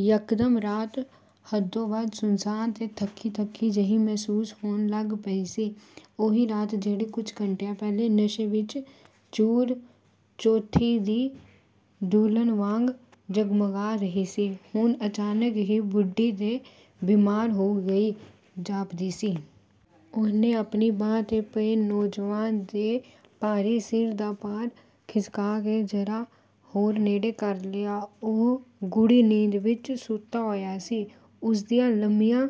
ਯਕਦਮ ਰਾਤ ਹੱਦੋਂ ਵੱਧ ਸੁੰਨਸਾਨ ਤੇ ਥੱਕੀ-ਥੱਕੀ ਜਿਹੀ ਮਹਿਸੂਸ ਹੋਣ ਲੱਗ ਪਈ ਸੀ। ਉਹੀ ਰਾਤ, ਜਿਹੜੀ ਕੁਝ ਘੰਟੇ ਪਹਿਲਾਂ ਨਸ਼ੇ ਵਿੱਚ ਚੂਰ, ਚੌਥੀ ਦੀ ਦੁਲਹਨ ਵਾਂਗ ਜਗਮਗਾ ਰਹੀ ਸੀ, ਹੁਣ ਅਚਾਨਕ ਹੀ ਬੁੱਢੀ ਤੇ ਬਿਮਾਰ ਹੋ ਗਈ ਜਾਪਦੀ ਸੀ। ਉਹਨੇ ਆਪਣੀ ਬਾਂਹ ਤੇ ਪਏ ਨੌਜਵਾਨ ਦੇ ਭਾਰੀ ਸਿਰ ਦਾ ਭਾਰ ਖਿਸਕਾ ਕੇ ਜ਼ਰਾ ਹੋਰ ਨੇੜੇ ਕਰ ਲਿਆ। ਉਹ ਗੂੜ੍ਹੀ ਨੀਂਦ ਵਿੱਚ ਸੁੱਤਾ ਹੋਇਆ ਸੀ। ਉਸਦੀਆਂ ਲੰਮੀਆਂ,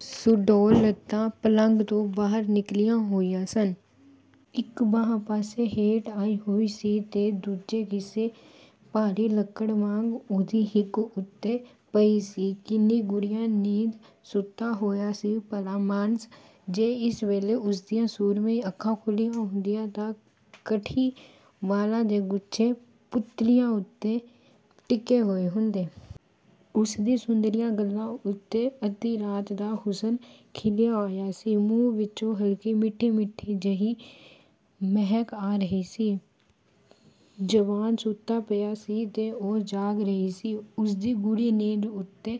ਸੁਡੌਲ ਲੱਤਾਂ ਪਲੰਘ ਤੋਂ ਬਾਹਰ ਨਿਕਲੀਆਂ ਹੋਈਆਂ ਸਨ। ਇੱਕ ਬਾਂਹ ਪਾਸੇ ਹੇਠ ਆਈ ਹੋਈ ਸੀ ਤੇ ਦੂਜੀ ਕਿਸੇ ਭਾਰੀ ਲੱਕੜ ਵਾਂਗ ਉਹਦੀ ਹਿੱਕ ਉੱਤੇ ਪਈ ਸੀ। ਕਿੰਨੀ ਗੂੜ੍ਹੀ ਨੀਂਦ ਸੁੱਤਾ ਹੋਇਆ ਸੀ, ਭਲਾਮਾਣਸ! ਜੇ ਇਸ ਵੇਲੇ ਉਸਦੀਆਂ ਸੁਰਮਈ ਅੱਖਾਂ ਖੁੱਲ੍ਹੀਆਂ ਹੁੰਦੀਆਂ, ਤਾਂ ਕਥਈ ਵਾਲਾਂ ਦੇ ਗੁੱਛੇ ਪੁਤਲੀਆਂ ਉੱਤੇ ਟਿਕੇ ਹੋਏ ਹੁੰਦੇ। ਉਸਦੀਆਂ ਸੰਦਲੀ ਗੱਲ੍ਹਾਂ ਉੱਤੇ ਅੱਧੀ ਰਾਤ ਦਾ ਹੁਸਨ ਖਿੱਲਰਿਆ ਹੋਇਆ ਸੀ। ਮੂੰਹ ਵਿਚੋਂ ਹਲਕੀ ਮਿੱਠੀ-ਮਿੱਠੀ ਜਿਹੀ ਮਹਿਕ ਆ ਰਹੀ ਸੀ । ਜਵਾਨ ਸੁੱਤਾ ਪਿਆ ਸੀ ਤੇ ਉਹ ਜਾਗ ਰਹੀ ਸੀ। ਉਸਦੀ ਗੂੜ੍ਹੀ ਨੀਂਦ ਉੱਤੇ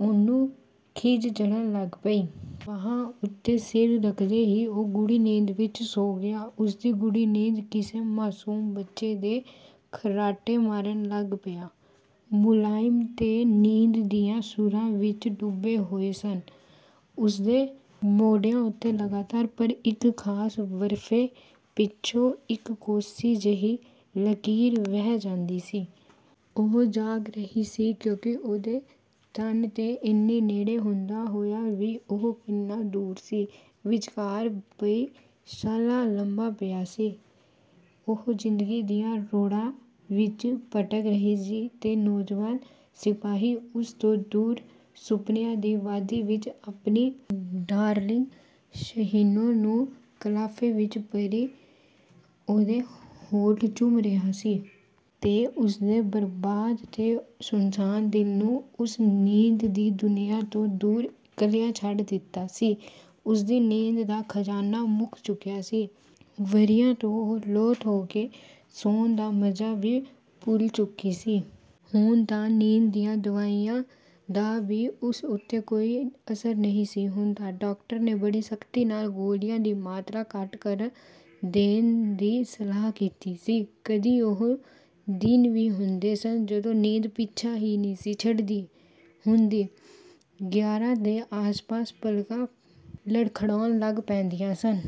ਉਹਨੂੰ ਖਿਝ ਚੜ੍ਹਨ ਲੱਗ ਪਈ। ਬਾਂਹ ਉੱਤੇ ਸਿਰ ਰੱਖਦੇ ਹੀ ਉਹ ਗੂੜ੍ਹੀ ਨੀਂਦ ਵਿੱਚ ਸੌਂ ਗਿਆ। ਉਸਦੀ ਗੂੜ੍ਹੀ ਨੀਂਦ ਕਿਸੇ ਮਾਸੂਮ ਬੱਚੇ ਦੇ ਖਰਾਟੇ ਮਾਰਨ ਲੱਗ ਪਿਆ, ਮੁਲਾਇਮ ਤੇ ਨੀਂਦ ਦੀਆਂ ਸੁਰਾਂ ਵਿੱਚ ਡੁੱਬੇ ਹੋਏ ਸਨ। ਉਸਦੇ ਮੋਢਿਆਂ ਉੱਤੇ ਲਗਾਤਾਰ, ਪਰ ਇੱਕ ਖਾਸ ਵਕਫ਼ੇ ਪਿੱਛੋਂ, ਇੱਕ ਕੋਸੀ ਜਿਹੀ ਲਕੀਰ ਵਹਿ ਜਾਂਦੀ ਸੀ। ਉਹ ਜਾਗ ਰਹੀ ਸੀ, ਕਿਉਂਕਿ ਉਹਦੇ ਤਨ ਦੇ ਏਨੀ ਨੇੜੇ ਹੁੰਦਾ ਹੋਇਆ ਵੀ ਉਹ ਕਿੰਨਾ ਦੂਰ ਸੀ। ਵਿਚਕਾਰ ਕਈ ਸਾਲਾਂ ਲੰਮਾ ਪਾੜਾ ਸੀ। ਉਹ ਜ਼ਿੰਦਗੀ ਦੀਆਂ ਰੌੜਾਂ ਵਿੱਚ ਭਟਕ ਰਹੀ ਸੀ ਤੇ ਨੌਜਵਾਨ ਸਿਪਾਹੀ ਉਸ ਤੋਂ ਦੂਰ ਸੁਪਨਿਆਂ ਦੀ ਵਾਦੀ ਵਿੱਚ ਆਪਣੀ ਡਾਰਲਿੰਗ ਸ਼ਹੀਨੋ ਨੂੰ ਕਲਾਵੇ ਵਿੱਚ ਭਰੀ ਉਹਦੇ ਹੋਂਠ ਚੁੰਮ ਰਿਹਾ ਸੀ... ਤੇ ਉਸਦੇ ਬਰਬਾਦ ਤੇ ਸੁੰਨਸਾਨ ਦਿਲ ਨੂੰ, ਉਸ ਨੀਂਦ ਦੀ ਦੁਨੀਆ ਤੋਂ ਦੂਰ, ਇਕੱਲਿਆਂ ਛੱਡ ਗਿਆ ਸੀ। ਉਸਦੀ ਨੀਂਦ ਦਾ ਖ਼ਜ਼ਾਨਾ ਮੁੱਕ ਚੁੱਕਿਆ ਸੀ। ਵਰ੍ਹਿਆਂ ਤੋਂ ਉਹ ਲੋਥ ਹੋ ਕੇ ਸੌਣ ਦਾ ਮਜ਼ਾ ਵੀ ਭੁੱਲ ਚੁੱਕੀ ਸੀ। ਹੁਣ ਤਾਂ ਨੀਂਦ ਦੀਆਂ ਦਵਾਈਆਂ ਦਾ ਵੀ ਉਸ ਉੱਤੇ ਕੋਈ ਅਸਰ ਨਹੀਂ ਸੀ ਹੁੰਦਾ। ਡਾਕਟਰ ਨੇ ਬੜੀ ਸਖ਼ਤੀ ਨਾਲ ਗੋਲੀਆਂ ਦੀ ਮਾਤਰਾ ਘੱਟ ਕਰ ਦੇਣਾ ਦੀ ਸਲਾਹ ਕੀਤੀ ਸੀ। ਕਦੀ ਉਹ ਦਿਨ ਵੀ ਹੁੰਦੇ ਸਨ, ਜਦੋਂ ਨੀਂਦ ਪਿੱਛਾ ਹੀ ਨਹੀਂ ਸੀ ਛੱਡਦੀ ਹੁੰਦੀ। ਗਿਆਰਾਂ ਦੇ ਆਸ-ਪਾਸ ਪਲਕਾਂ ਲੜਖੜਾਉਣ ਲੱਗ ਪੈਂਦੀਆਂ ਸਨ।